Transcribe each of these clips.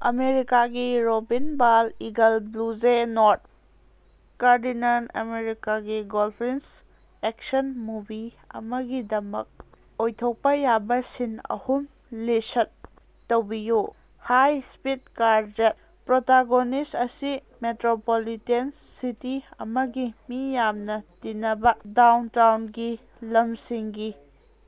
ꯑꯃꯦꯔꯤꯀꯥꯒꯤ robin bald eagle blue jay north cardinal ꯑꯃꯦꯔꯤꯀꯥꯒꯤ goldfinch action movie ꯑꯃꯒꯤꯗꯃꯛ ꯑꯣꯏꯊꯣꯛꯄ ꯌꯥꯕ ꯁꯤꯟ ꯑꯍꯨꯝ ꯂꯤꯁꯠ ꯇꯧꯕꯤꯌꯨ꯫ ꯍꯥꯏ-ꯁ꯭ꯄꯤꯗ ꯀꯥꯔ ꯆꯦꯖ: ꯄ꯭ꯔꯣꯇꯥꯒꯣꯅꯤꯁꯠ ꯑꯁꯤ ꯃꯦꯇ꯭ꯔꯣꯄꯣꯂꯤꯇꯦꯟ ꯁꯤꯇꯤ ꯑꯃꯒꯤ ꯃꯤ ꯌꯥꯝꯅ ꯇꯤꯟꯅꯕ ꯗꯥꯎꯟꯇꯥꯎꯟꯒꯤ ꯂꯝꯁꯤꯡꯒꯤ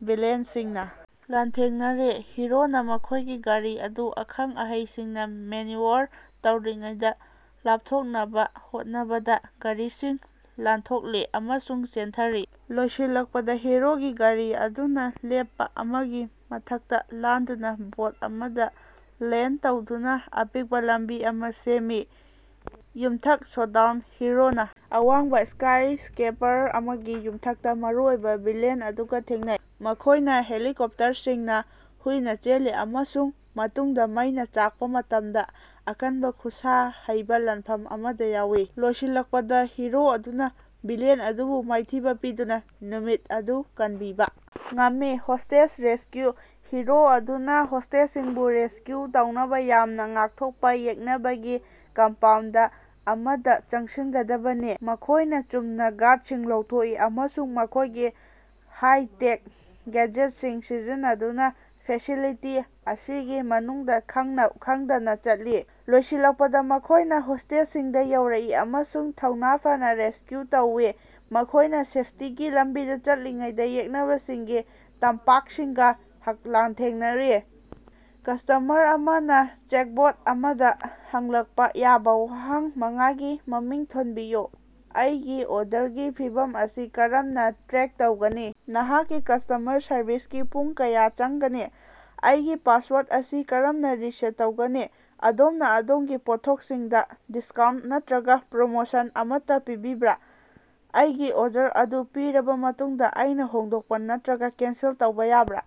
ꯚꯤꯂꯦꯟꯁꯤꯡꯅ ꯂꯥꯟꯊꯦꯡꯅꯔꯤ꯫ ꯍꯤꯔꯣꯅ ꯃꯈꯣꯏꯒꯤ ꯒꯥꯔꯤ ꯑꯗꯨ ꯑꯈꯪ-ꯑꯍꯩꯁꯤꯡꯅ ꯃꯦꯅ꯭ꯌꯨꯑꯣꯔ ꯇꯧꯔꯤꯉꯩꯗ ꯂꯥꯞꯊꯣꯛꯅꯕ ꯍꯣꯠꯅꯕꯗ ꯒꯥꯔꯤꯁꯤꯡ ꯂꯥꯟꯊꯣꯛꯂꯤ ꯑꯃꯁꯨꯡ ꯆꯦꯟꯊꯔꯤ꯫ ꯂꯣꯏꯁꯤꯜꯂꯛꯄꯗ ꯍꯤꯔꯣꯒꯤ ꯒꯥꯔꯤ ꯑꯗꯨꯅ ꯔꯦꯝꯄ ꯑꯃꯒꯤ ꯃꯊꯛꯇ ꯂꯥꯟꯗꯨꯅ ꯕꯣꯠ ꯑꯃꯗ ꯂꯦꯟꯗ ꯇꯧꯗꯨꯅ ꯑꯄꯤꯛꯄ ꯂꯝꯕꯤ ꯑꯃ ꯁꯦꯝꯃꯤ꯫ ꯌꯨꯝꯊꯛ ꯁꯣꯗꯥꯎꯟ: ꯍꯤꯔꯣꯅ ꯑꯋꯥꯡꯕ ꯁ꯭ꯀꯥꯏꯁ꯭ꯀꯔꯦꯄꯔ ꯑꯃꯒꯤ ꯌꯨꯝꯊꯛꯇ ꯃꯔꯨꯑꯣꯏꯕ ꯚꯤꯂꯦꯟ ꯑꯗꯨꯒ ꯊꯦꯡꯅꯩ꯫ ꯃꯈꯣꯏꯅ ꯍꯦꯂꯤꯀꯣꯞꯇꯔꯁꯤꯡꯅ ꯍꯨꯏꯅ ꯆꯦꯜꯂꯤ ꯑꯃꯁꯨꯡ ꯃꯇꯨꯡꯗ ꯃꯩꯅ ꯆꯥꯛꯄ ꯃꯇꯝꯗ ꯑꯀꯟꯕ ꯈꯨꯠꯁꯥ ꯍꯩꯕ ꯂꯥꯟꯐꯝ ꯑꯃꯗ ꯌꯥꯎꯏ꯫ ꯂꯣꯏꯁꯤꯜꯂꯛꯄꯗ ꯍꯤꯔꯣ ꯑꯗꯨꯅ ꯚꯤꯂꯦꯟ ꯑꯗꯨꯕꯨ ꯃꯥꯏꯊꯤꯕ ꯄꯤꯗꯨꯅ ꯅꯨꯃꯤꯠ ꯑꯗꯨ ꯀꯟꯕꯤꯕ ꯉꯝꯃꯤ꯫ ꯍꯣꯁ꯭ꯇꯦꯖ ꯔꯦꯁꯀ꯭ꯌꯨ: ꯍꯤꯔꯣ ꯑꯗꯨꯅ ꯍꯣꯁ꯭ꯇꯦꯖꯁꯤꯡꯕꯨ ꯔꯦꯁꯀ꯭ꯌꯨ ꯇꯧꯅꯕ ꯌꯥꯝꯅ ꯉꯥꯛꯊꯣꯛꯄ ꯌꯦꯛꯅꯕꯒꯤ ꯀꯝꯄꯥꯎꯟꯗ ꯑꯃꯗ ꯆꯪꯁꯤꯟꯒꯗꯕꯅꯤ꯫ ꯃꯈꯣꯏꯅ ꯆꯨꯝꯅ ꯒꯥꯔꯗꯁꯤꯡ ꯂꯧꯊꯣꯛꯏ ꯑꯃꯁꯨꯡ ꯃꯈꯣꯏꯒꯤ ꯍꯥꯏ-ꯇꯦꯛ ꯒꯦꯗꯖꯦꯠꯁꯤꯡ ꯁꯤꯖꯤꯟꯅꯗꯨꯅ ꯐꯦꯁꯤꯂꯤꯇꯤ ꯑꯁꯤꯒꯤ ꯃꯅꯨꯡꯗ ꯈꯪꯗꯅ ꯆꯠꯂꯤ꯫ ꯂꯣꯏꯁꯤꯜꯂꯛꯄꯗ, ꯃꯈꯣꯏꯅ ꯍꯣꯁ꯭ꯇꯦꯖꯁꯤꯡꯗ ꯌꯧꯔꯛꯏ ꯑꯃꯁꯨꯡ ꯊꯧꯅꯥ ꯐꯅ ꯔꯦꯁꯀ꯭ꯌꯨ ꯇꯧꯋꯤ꯫ ꯃꯈꯣꯏꯅ ꯁꯦꯐꯇꯤꯒꯤ ꯂꯝꯕꯤꯗ ꯆꯠꯂꯤꯉꯩꯗ ꯌꯦꯛꯅꯕꯁꯤꯡꯒꯤ ꯇꯝꯄꯥꯛꯁꯤꯡꯒ ꯂꯥꯟꯊꯦꯡꯅꯔꯤ꯫ ꯀꯁ꯭ꯇꯃꯔ ꯑꯃꯅ ꯆꯦꯠꯕꯣꯠ ꯑꯃꯗ ꯍꯪꯂꯛꯄ ꯌꯥꯕ ꯋꯥꯍꯪ ꯃꯉꯥꯒꯤ ꯃꯃꯤꯡ ꯊꯣꯟꯕꯤꯌꯨ꯫ ꯑꯩꯒꯤ ꯑꯣꯔꯗꯔꯒꯤ ꯐꯤꯚꯝ ꯑꯁꯤ ꯀꯔꯝꯅ ꯇ꯭ꯔꯦꯛ ꯇꯧꯒꯅꯤ? ꯅꯍꯥꯛꯀꯤ ꯀꯁ꯭ꯇꯃꯔ ꯁꯔꯚꯤꯁꯀꯤ ꯄꯨꯡ ꯀꯌꯥ ꯆꯪꯒꯅꯤ? ꯑꯩꯒꯤ ꯄꯥꯁꯋꯥꯔꯗ ꯑꯁꯤ ꯀꯔꯝꯅ ꯔꯤꯁꯦꯠ ꯇꯧꯒꯅꯤ? ꯑꯗꯣꯝꯅ ꯑꯗꯣꯝꯒꯤ ꯄꯣꯠꯊꯣꯛꯁꯤꯡꯗ ꯗꯤꯁꯀꯥꯎꯟꯇ ꯅꯠꯇ꯭ꯔꯒ ꯄ꯭ꯔꯣꯃꯣꯁꯟ ꯑꯃꯠꯇ ꯄꯤꯔꯤꯕ꯭ꯔꯥ? ꯑꯩꯒꯤ ꯑꯣꯔꯗꯔ ꯑꯗꯨ ꯄꯤꯔꯕ ꯃꯇꯨꯡꯗ ꯑꯩꯅ ꯍꯣꯡꯗꯣꯛꯄ ꯅꯠꯇ꯭ꯔꯒ ꯀꯦꯟꯁꯦꯜ ꯇꯧꯕ ꯌꯥꯕ꯭ꯔꯥ?